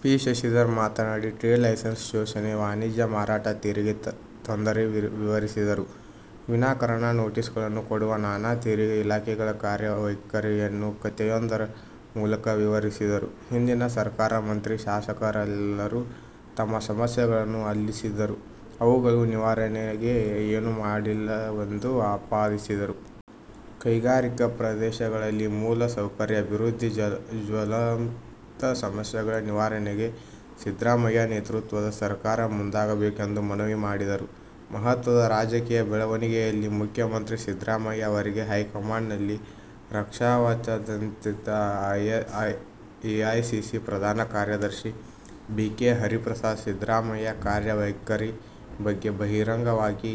P. Shashidhar ಮಾತನಾಡಿ, trade licence ಶೋಷಣೆ, ವಾಣಿಜ್ಯ, ಮಾರಾಟ ತೆರಿಗೆ ತೊಂದರೆ ವಿವರಿಸಿದರು. ವಿನಾಕಾರಣ ನೋಟಿಸ್ಗಳನ್ನು ಕೊಡುವ ನಾನಾ ತೆರಿಗೆ ಇಲಾಖೆಗಳ ಕಾರ್ಯವೈಖರಿಯನ್ನು ಕಥೆಯೊಂದರ ಮೂಲಕ ವಿವರಿಸಿದರು. ಹಿಂದಿನ ಸರಕಾರ ಮಂತ್ರಿ, ಶಾಸಕರೆಲ್ಲರೂ ತಮ್ಮ ಸಮಸ್ಯೆಗಳನ್ನು ಆಲಿಸಿದ್ದರೂ ಅವುಗಳ ನಿವಾರಣೆಗೆ ಏನೂ ಮಾಡಲಿಲ್ಲವೆಂದು ಆಪಾದಿಸಿದರು. ಕೈಗಾರಿಕೆ ಪ್ರದೇಶಗಳಲ್ಲಿ ಮೂಲ ಸೌಕರ್ಯ ಅಭಿವೃದ್ಧಿ, ಜ್ವಲಂತ ಸಮಸ್ಯೆಗಳ ನಿವಾರಣೆಗೆ ಸಿದ್ದರಾಮಯ್ಯ ನೇತೃತ್ವದ ಸರಕಾರ ಮುಂದಾಗಬೇಕೆಂದು ಮನವಿ ಮಾಡಿದರು. ಮಹತ್ವದ ರಾಜಕೀಯ ಬೆಳವಣಿಗೆಯಲ್ಲಿ ಮುಖ್ಯಮಂತ್ರಿ ಸಿದ್ದರಾಮಯ್ಯ ಅವರಿಗೆ ಹೈಕಮಾಂಡ್ನಲ್ಲಿ ರಕ್ಷಾಕವಚದಂತಿದ್ದ ಎಐಸಿಸಿ ಪ್ರಧಾನ ಕಾರ್ಯದರ್ಶಿ ಬಿ. ಕೆ. ಹರಿಪ್ರಸಾದ್ ಸಿದ್ದರಾಮಯ್ಯ ಕಾರ್ಯವೈಖರಿ ಬಗ್ಗೆ ಬಹಿರಂಗವಾಗಿ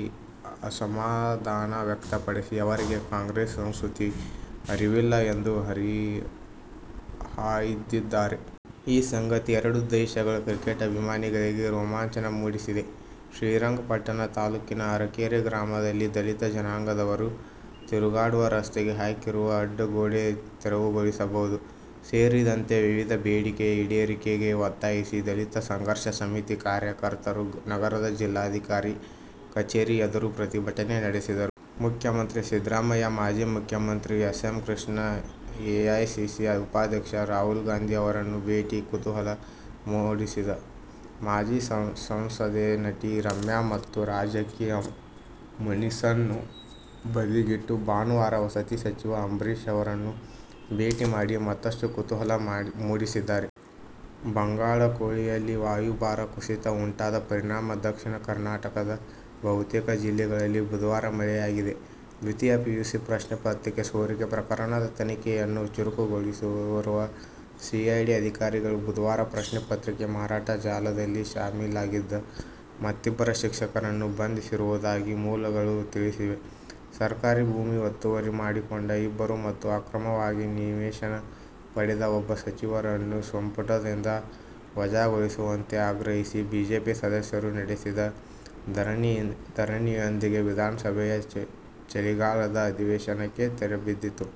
ಅಸಮಾಧಾನ ವ್ಯಕ್ತಪಡಿಸಿ ಅವರಿಗೆ ಕಾಂಗ್ರೆಸ್ ಸಂಸ್ಕೃತಿಯ ಅರಿವಿಲ್ಲ ಎಂದು ಹರಿಹಾಯ್ದಿದ್ದಾರೆ. ಈ ಸಂಗತಿ ಎರಡೂ ದೇಶಗಳ ಕ್ರಿಕೆಟ್ ಅಭಿಮಾನಿಗಳಿಗೆ ರೋಮಾಂಚನ ಮೂಡಿಸಿದೆ. ಶ್ರೀರಂಗಪಟ್ಟಣ ತಾಲೂಕಿನ ಅರಕೆರೆ ಗ್ರಾಮದಲ್ಲಿ ದಲಿತ ಜನಾಂಗದವರು ತಿರುಗಾಡುವ ರಸ್ತೆಗೆ ಹಾಕಿರುವ ಅಡ್ಡಗೋಡೆ ತೆರವುಗೊಳಿಸುವುದು ಸೇರಿದಂತೆ ವಿವಿಧ ಬೇಡಿಕೆ ಈಡೇರಿಕೆಗೆ ಒತ್ತಾಯಿಸಿ ದಲಿತ ಸಂಘರ್ಷ ಸಮಿತಿ ಕಾರ್ಯಕರ್ತರು ನಗರದ ಜಿಲ್ಲಾಧಿಕಾರಿ ಕಚೇರಿ ಎದುರು ಪ್ರತಿಭಟನೆ ನಡೆಸಿದರು. ಮುಖ್ಯಮಂತ್ರಿ ಸಿದ್ದರಾಮಯ್ಯ, ಮಾಜಿ ಮುಖ್ಯಮಂತ್ರಿ ಎಸ್. ಎಂ. ಕೃಷ್ಣ, ಎಐಸಿಸಿ ಉಪಾಧ್ಯಕ್ಷ ರಾಹುಲ್ ಗಾಂಧಿ ಅವರನ್ನು ಭೇಟಿ ಕುತೂಹಲ ಮೂಡಿಸಿದ್ದ ಮಾಜಿ ಸಂಸದೆ, ನಟಿ ರಮ್ಯಾ ತಮ್ಮ ರಾಜಕೀಯ ಮುನಿಸನ್ನು ಬದಿಗಿಟ್ಟು ಭಾನುವಾರ ವಸತಿ ಸಚಿವ ಅಂಬರೀಶ್ ಅವರನ್ನು ಭೇಟಿ ಮಾಡಿ ಮತ್ತಷ್ಟು ಕುತೂಹಲ ಮೂಡಿಸಿದ್ದಾರೆ. ಬಂಗಾಳಕೊಲ್ಲಿಯಲ್ಲಿ ವಾಯುಭಾರ ಕುಸಿತ ಉಂಟಾದ ಪರಿಣಾಮ ದಕ್ಷಿಣ ಕರ್ನಾಟಕದ ಬಹುತೇಕ ಜಿಲ್ಲೆಗಳಲ್ಲಿ ಬುಧವಾರ ಮಳೆಯಾಗಿದೆ. ದ್ವಿತೀಯ ಪಿಯುಸಿ ಪ್ರಶ್ನೆ ಪತ್ರಿಕೆ ಸೋರಿಕೆ ಪ್ರಕರಣದ ತನಿಖೆಯನ್ನು ಚುರುಕುಗೊಳಿಸಿರುವ ಸಿಐಡಿ ಅಧಿಕಾರಿಗಳು ಬುಧವಾರ ಪ್ರಶ್ನೆ ಪತ್ರಿಕೆ ಮಾರಾಟ ಜಾಲದಲ್ಲಿ ಶಾಮೀಲಾಗಿದ್ದ ಮತ್ತಿಬ್ಬರು ಶಿಕ್ಷಕರನ್ನು ಬಂಧಿಸಿರುವುದಾಗಿ ಮೂಲಗಳು ತಿಳಿಸಿವೆ. ಸರ್ಕಾರಿ ಭೂಮಿ ಒತ್ತುವರಿ ಮಾಡಿಕೊಂಡ ಇಬ್ಬರು ಮತ್ತು ಅಕ್ರಮವಾಗಿ ನಿವೇಶನ ಪಡೆದ ಒಬ್ಬ ಸಚಿವರನ್ನು ಸಂಪುಟದಿಂದ ವಜಾಗೊಳಿಸುವಂತೆ ಆಗ್ರಹಿಸಿ ಬಿಜೆಪಿ ಸದಸ್ಯರು ನಡೆಸಿದ ಧರಣಿಯೊಂದಿಗೆ ವಿಧಾನಸಭೆಯ ಚಳಿಗಾಲದ ಅಧಿವೇಶನಕ್ಕೆ ತೆರೆಬಿದ್ದಿತು.